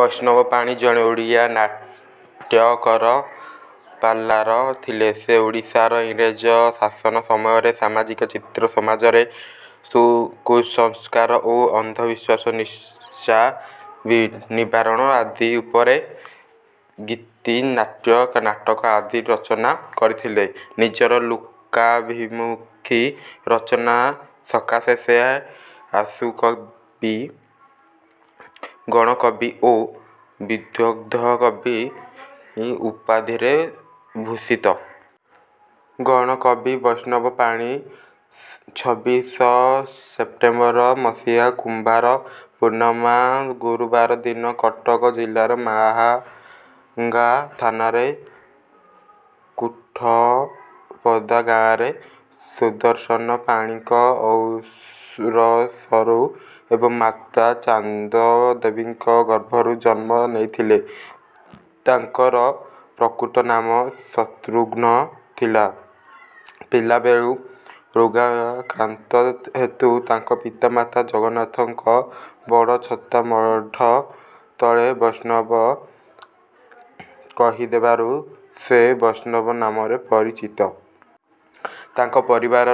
ବୈଷ୍ଣବ ପାଣି ଜଣେ ଓଡ଼ିଆ ନାଟ୍ୟକର, ପାଲାର ଥିଲେ। ସେ ଓଡ଼ିଶାର ଇଂରେଜ ଶାସନ ସମୟରେ ସାମାଜିକ ଚିତ୍ର, ସମାଜରେ ଶୁ କୁସଂସ୍କାର ଓ ଅନ୍ଧବିଶ୍ୱାସ, ନିଶା ନିବାରଣ ଆଦି ଉପରେ ଗୀତିନାଟ୍ୟ, ନାଟ୍ୟ ନାଟକ ଆଦି ରଚନା କରିଥିଲେ। ନିଜର ଲୋକାଭିମୁଖୀ ରଚନା ସକାଶେ ସେ "ଆଶୁକବି", "ଗଣକବି" ଓ "ବିଦଗ୍ଧ କବି" ଉପାଧିରେ ଭୂଷିତ। ଗଣକବି ବୈଷ୍ଣବ ପାଣି ଛବିଶ ସେପ୍ଟେମ୍ବର ମସିହା, କୁମ୍ୱାର ପୂର୍ଣ୍ଣିମା ଗୁରୁବାର ଦିନ କଟକ ଜିଲ୍ଲାର ମାହାଙ୍ଗା ଥାନାର କୋଠପଦା ଗାଁରେ ସୁଦର୍ଶନ ପାଣିଙ୍କ ଔରସରୁ ଏବଂ ମାତା ଚାନ୍ଦଦେବୀଙ୍କ ଗର୍ଭରୁ ଜନ୍ମ ନେଇଥିଲେ। ତାଙ୍କର ପ୍ରକୃତ ନାମ ଶତ୍ରୁଘ୍ନ ଥିଲା। ପିଲାବେଳୁ ରୋଗାକ୍ରାନ୍ତ ହେତୁ ତାଙ୍କ ପିତାମାତା ଜଗନ୍ନାଥଙ୍କ ବଡ଼ଛତା ମଠ ତଳେ ବୈଷ୍ଣବ କହିଦେବାରୁ ସେ ବୈଷ୍ଣବ ନାମରେ ପରିଚିତ। ତାଙ୍କ ପରିବାର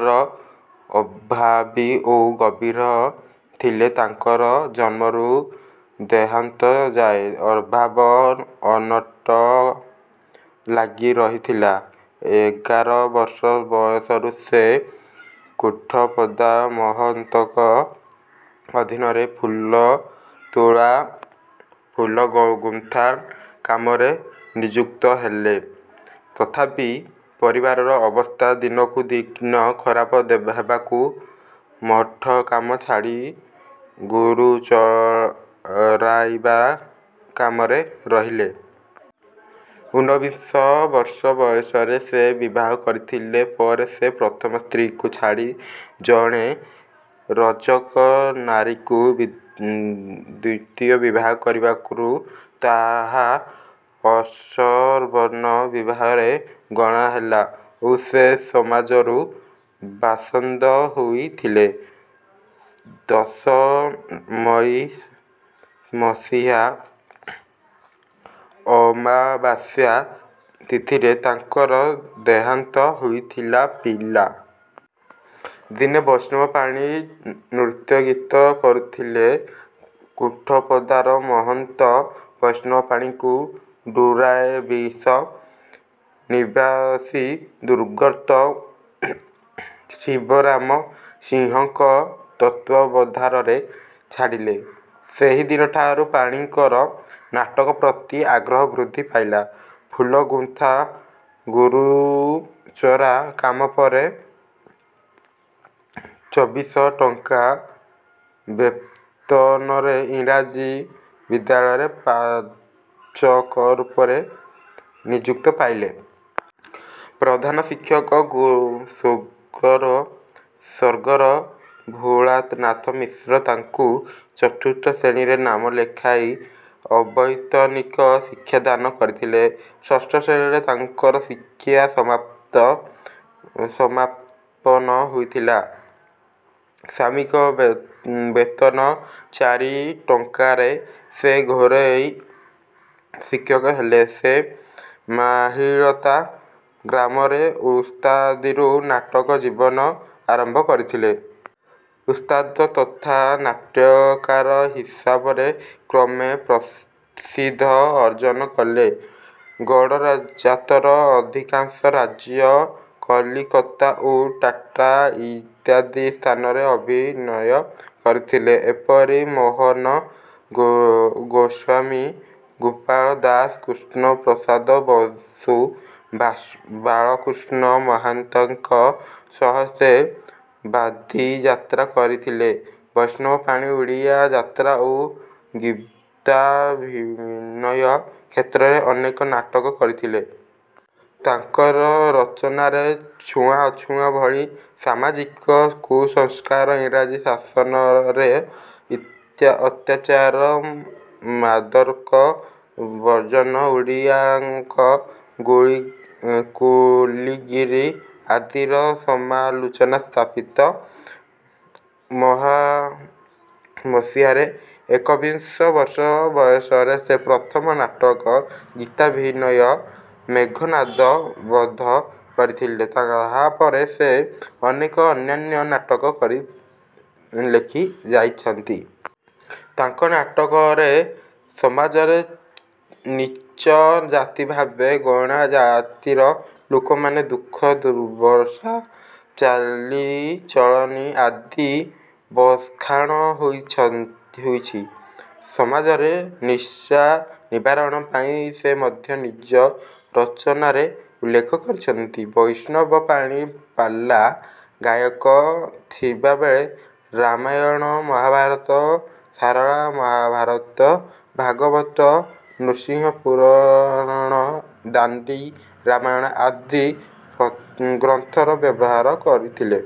ଅଭାବୀ ଓ ଗଭିର ଥିଲେ। ତାଙ୍କର ଜନ୍ମରୁ ଦେହାନ୍ତ ଯାଏଁ ଅଭାବ ଅନଟନ ଲାଗିରହିଥିଲା। ଏଗାର ବର୍ଷ ବୟସରୁ ସେ କୋଠପଦା ମହନ୍ତଙ୍କ ଅଧୀନରେ ଫୁଲତୋଳା, ଫୁଲଗୁନ୍ଥା କାମରେ ନିଯୁକ୍ତ ହେଲେ। ତଥାପି ପରିବାରର ଅବସ୍ଥା ଦିନକୁ ଦିନ ଖରାପ ହେବାରୁ ମଠକାମ ଛାଡ଼ି ଗୋରୁ ଚରାଇବା କାମରେ ରହିଲେ। ଉନବିଂଶ ବର୍ଷ ବୟସରେ ସେ ବିବାହ କରିଥିଲେ। ପରେ ସେ ପ୍ରଥମ ସ୍ତ୍ରୀଙ୍କୁ ଛାଡ଼ି ଜଣେ ରଜକ ନାରୀଙ୍କୁ ଦ୍ୱିତୀୟ ବିବାହ କରିବାକୁରୁ ତାହା ଅସବର୍ଣ୍ଣ ବିବାହରେ ଗଣା ହେଲା ଓ ସେ ସମାଜରୁ ବାସନ୍ଦ ହୋଇଥିଲେ। ଦଶ ମଇ ମସିହା ଅମାବାସ୍ୟା ତିଥିରେ ତାଙ୍କର ଦେହାନ୍ତ ହୋଇଥିଲା। ପିଲା ଦିନେ ବୈଷ୍ଣବ ପାଣି ନୃତ୍ୟଗୀତ କରୁଥିଲେ। କୋଠପଦାର ମହନ୍ତ ବୈଷ୍ଣବ ପାଣିଙ୍କୁ ଡୋରାବିଶ ନିବାସୀ ଦୁର୍ଗତ ଶିବରାମ ସିଂହଙ୍କ ତତ୍ତ୍ୱାବଧାରେ ଛାଡ଼ିଲେ। ସେହିଦିନଠାରୁ ପାଣିଙ୍କର ନାଟକ ପ୍ରତି ଆଗ୍ରହ ବୃଦ୍ଧି ପାଇଲା। ଫୁଲଗୁନ୍ଥା, ଗୋରୁଚରା କାମ ପରେ ଚବିଶ ଟଙ୍କା ବେତନରେ ଇଂରାଜୀ ବିଦ୍ୟାଳୟରେ ପାଚକରୂପେ ନିଯୁକ୍ତି ପାଇଲେ। ପ୍ରଧାନ ଶିକ୍ଷକ ସ୍ୱର୍ଗର ସ୍ୱର୍ଗର ଭୋଳାନାଥ ମିଶ୍ର ତାଙ୍କୁ ଚତୁର୍ଥ ଶ୍ରେଣୀରେ ନାମ ଲେଖାଇ ଅବୈତନିକ ଶିକ୍ଷା ଦାନ କରିଥିଲେ। ଷଷ୍ଠ ଶ୍ରେଣୀରେ ତାଙ୍କର ଶିକ୍ଷା ସମାପ୍ତ ସମାପନ ହୋଇଥିଲା। ମାସିକ ବେତନ ଚାରି ଟଙ୍କାରେ ସେ ଘରୋଇ ଶିକ୍ଷକ ହେଲେ। ସେ ମାଳିହତା ଗ୍ରାମରେ ଓସ୍ତାଦିରୁ ନାଟକ ଜୀବନ ଆରମ୍ଭ କରିଥିଲେ। ଓସ୍ତାଦ ତଥା ନାଟ୍ୟକାର ହିସାବରେ କ୍ରମେ ପ୍ରସିଦ୍ଧି ଅର୍ଜନ କଲେ। ଗଡ଼ଜାତର ଅଧିକାଂଶ ରାଜ୍ୟ, କଲିକତା ଓ ଟାଟା ଇତ୍ୟାଦି ସ୍ଥାନରେ ଅଭିନୟ କରିଥିଲେ। ଏପରିକି ମୋହନ ଗୋସ୍ୱାମୀ, ଗୋପାଳ ଦାଶ, କୃଷ୍ଣପ୍ରସାଦ ବସୁ, ବାଳକୃଷ୍ଣ ମହାନ୍ତିଙ୍କ ସହ ସେ ବାଦୀଯାତ୍ରା କରିଥିଲେ। ବୈଷ୍ଣବ ପାଣି ଓଡ଼ିଆ ଯାତ୍ରା ଓ ଗୀତାଭିନୟ କ୍ଷେତ୍ରରେ ଅନେକ ନାଟକ ଲେଖିଯାଇଛନ୍ତି। ତାଙ୍କ ରଚନାରେ ଛୁଆଁଅଛୁଆଁ ଭଳି ସାମାଜିକ କୁସଂସ୍କାର, ଇଂରେଜ ଶାସନର ଅତ୍ୟାଚାର, ମାଦକ ବର୍ଜନ, ଓଡ଼ିଆଙ୍କ କୁଲିଗିରି ଆଦିର ସମାଲୋଚନା ସ୍ଥାନିତ। ମସିହାରେ, ଏକବିଂଶ ବର୍ଷ ବୟସରେ ସେ ପ୍ରଥମ ନାଟକ ଗୀତାଭିନୟ 'ମେଘନାଦ ବଧ' କରିଥିଲେ। ତାହାପରେ ସେ ଅନେକ ଅନ୍ୟାନ୍ୟ ନାଟକ ଲେଖିଯାଇଛନ୍ତି। ତାଙ୍କ ନାଟକରେ ସମାଜରେ ନୀଚ ଜାତି ଭାବେ ଗଣା ଜାତିର ଲୋକମାନଙ୍କ ଦୁଃଖ-ଦୁର୍ଦ୍ଦଶା, ଚାଲିଚଳଣି ଆଦି ବଖାଣ ହୋଇଛି। ସମାଜରେ ନିଶା ନିବାରଣ ପାଇଁ ସେ ମଧ୍ୟ ନିଜ ରଚନାରେ ଉଲ୍ଲେଖ କରିଛନ୍ତି। ବୈଷ୍ଣବ ପାଣି ପାଲା ଗାୟକ ଥିବାବେଳେ ରାମାୟଣ, ମହାଭାରତ, ସାରଳା ମହାଭାରତ, ଭାଗବତ, ନୃସିଂହପୁରାଣ, ଦାଣ୍ଡି ରାମାୟଣ ଆଦି ଗ୍ରନ୍ଥର ବ୍ୟବହାର କରୁଥିଲେ।